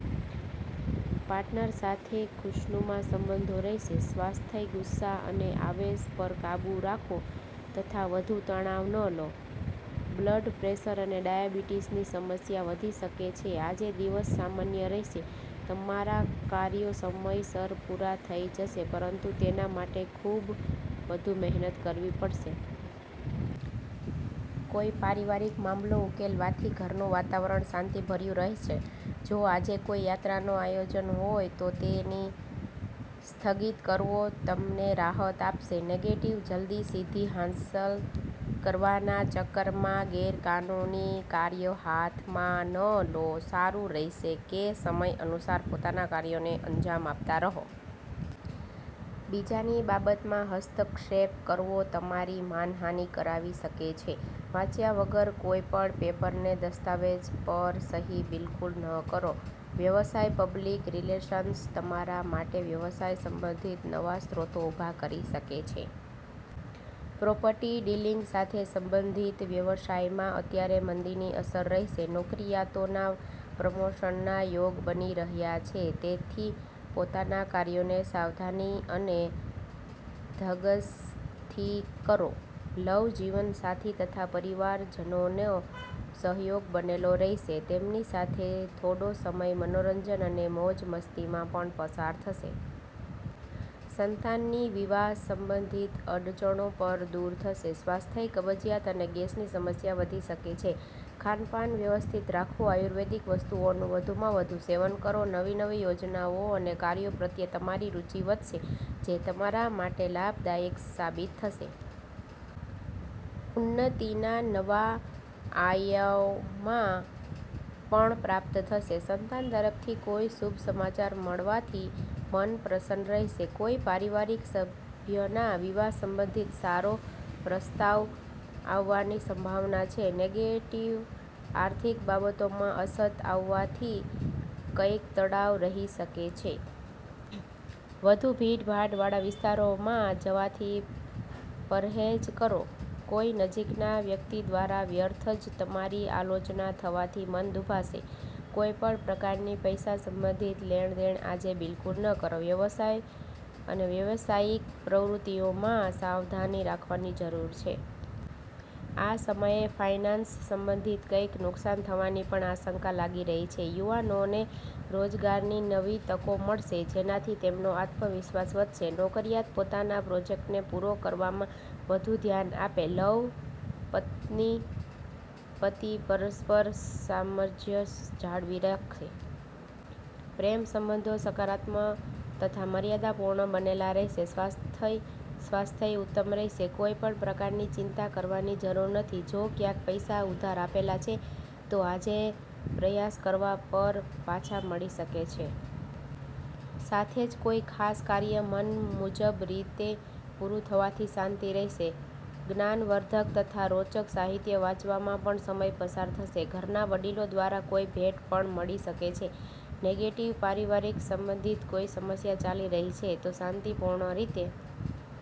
Partner સાથે ખુશનુમા સંબંધો રહેશે. સ્વાસ્થ્ય:- ગુસ્સા અને આવેશ પર કાબૂ રાખો તથા વધુ તણાવ ન લો. બ્લડ પ્રેશર અને ડાયાબિટીસની સમસ્યા વધી શકે છે. આજે દિવસ સામાન્ય રહેશે. તમારા કાર્યો સમયસર પૂરા થઈ જશે, પરંતુ તેના માટે ખૂબ વધુ મહેનત કરવી પડશે. કોઈ પારિવારિક મામલો ઉકેલાવાથી ઘરનું વાતાવરણ શાંતિભર્યું રહેશે. જો આજે કોઈ યાત્રાનું આયોજન હોય, તો તેને સ્થગિત કરવો તમને રાહત આપશે. નેગેટિવ:- જલ્દી સિદ્ધિ હાંસલ કરવાના ચક્કરમાં ગેરકાનૂની કાર્ય હાથમાં ન લો. સારું રહેશે કે સમય અનુસાર પોતાના કાર્યોને અંજામ આપતા રહો. બીજાની બાબતમાં હસ્તક્ષેપ કરવો તમારી માનહાનિ કરાવી શકે છે. વાંચ્યા વગર કોઈ પણ પેપર કે દસ્તાવેજ પર સહી બિલકુલ ન કરો. વ્યવસાય:- પબ્લિક રિલેશન્સ તમારા માટે વ્યવસાય સંબંધિત નવા સ્ત્રોતો ઊભા કરી શકે છે. પ્રોપર્ટી ડીલિંગ સાથે સંબંધિત વ્યવસાયમાં અત્યારે મંદીની અસર રહેશે. નોકરીયાતોના પ્રમોશનના યોગ બની રહ્યા છે, તેથી પોતાના કાર્યોને સાવધાની અને ધગશથી કરો. લવ:- જીવનસાથી તથા પરિવારજનોનો સહયોગ બનેલો રહેશે. તેમની સાથે થોડો સમય મનોરંજન અને મોજ-મસ્તીમાં પણ પસાર થશે. સંતાનની વિવાહ સંબંધિત અડચણો પણ દૂર થશે. સ્વાસ્થ્ય:- કબજિયાત અને ગેસની સમસ્યા વધી શકે છે. ખાનપાન વ્યવસ્થિત રાખો, આયુર્વેદિક વસ્તુઓનું વધુમાં વધુ સેવન કરો. નવી-નવી યોજનાઓ અને કાર્યો પ્રત્યે તમારી રુચિ વધશે, જે તમારા માટે લાભદાયક સાબિત થશે. ઉન્નતિના નવા આયામો પણ પ્રાપ્ત થશે. સંતાન તરફથી કોઈ શુભ સમાચાર મળવાથી મન પ્રસન્ન રહેશે. કોઈ પારિવારિક સભ્યના વિવાહ સંબંધિત સારો પ્રસ્તાવ આવવાની સંભાવના છે. નેગેટિવ:- આર્થિક બાબતોમાં અછત આવવાથી કંઈક તણાવ રહી શકે છે. વધુ ભીડભાડ વાળા વિસ્તારોમાં જવાથી પરહેજ કરો. કોઈ નજીકના વ્યક્તિ દ્વારા વ્યર્થ જ તમારી આલોચના થવાથી મન દુભાશે. કોઈ પણ પ્રકારની પૈસા સંબંધિત લેણ-દેણ આજે બિલકુલ ન કરો. વ્યવસાય- વ્યાવસાયિક પ્રવૃત્તિઓમાં સાવધાની રાખવાની જરૂર છે. આ સમયે ફાઇનાન્સ સંબંધિત કંઈક નુકસાન થવાની પણ આશંકા લાગી રહી છે. યુવાનોને રોજગારની નવી તકો મળશે, જેનાથી તેમનો આત્મવિશ્વાસ વધશે. નોકરીયાત પોતાના પ્રોજેક્ટને પૂરો કરવામાં વધુ ધ્યાન આપે. લવ- પતિ-પત્ની પરસ્પર સામંજસ્ય જાળવી રાખે. પ્રેમ સંબંધો સકારાત્મક તથા મર્યાદાપૂર્ણ બનેલા રહેશે. સ્વાસ્થ્ય- સ્વાસ્થ્ય ઉત્તમ રહેશે. કોઈ પણ પ્રકારની ચિંતા કરવાની જરૂર નથી. જો ક્યાંક પૈસા ઉધાર આપેલા છે, તો આજે પ્રયાસ કરવા પર પાછા મળી શકે છે. સાથે જ કોઈ ખાસ કાર્ય મન મુજબ રીતે પૂરું થવાથી શાંતિ રહેશે. જ્ઞાનવર્ધક તથા રોચક સાહિત્ય વાંચવામાં પણ સમય પસાર થશે. ઘરના વડીલો દ્વારા કોઈ ભેટ પણ મળી શકે છે. નેગેટિવ- પરિવાર સંબંધિત કોઈ સમસ્યા ચાલી રહી છે, તો શાંતિપૂર્ણ રીતે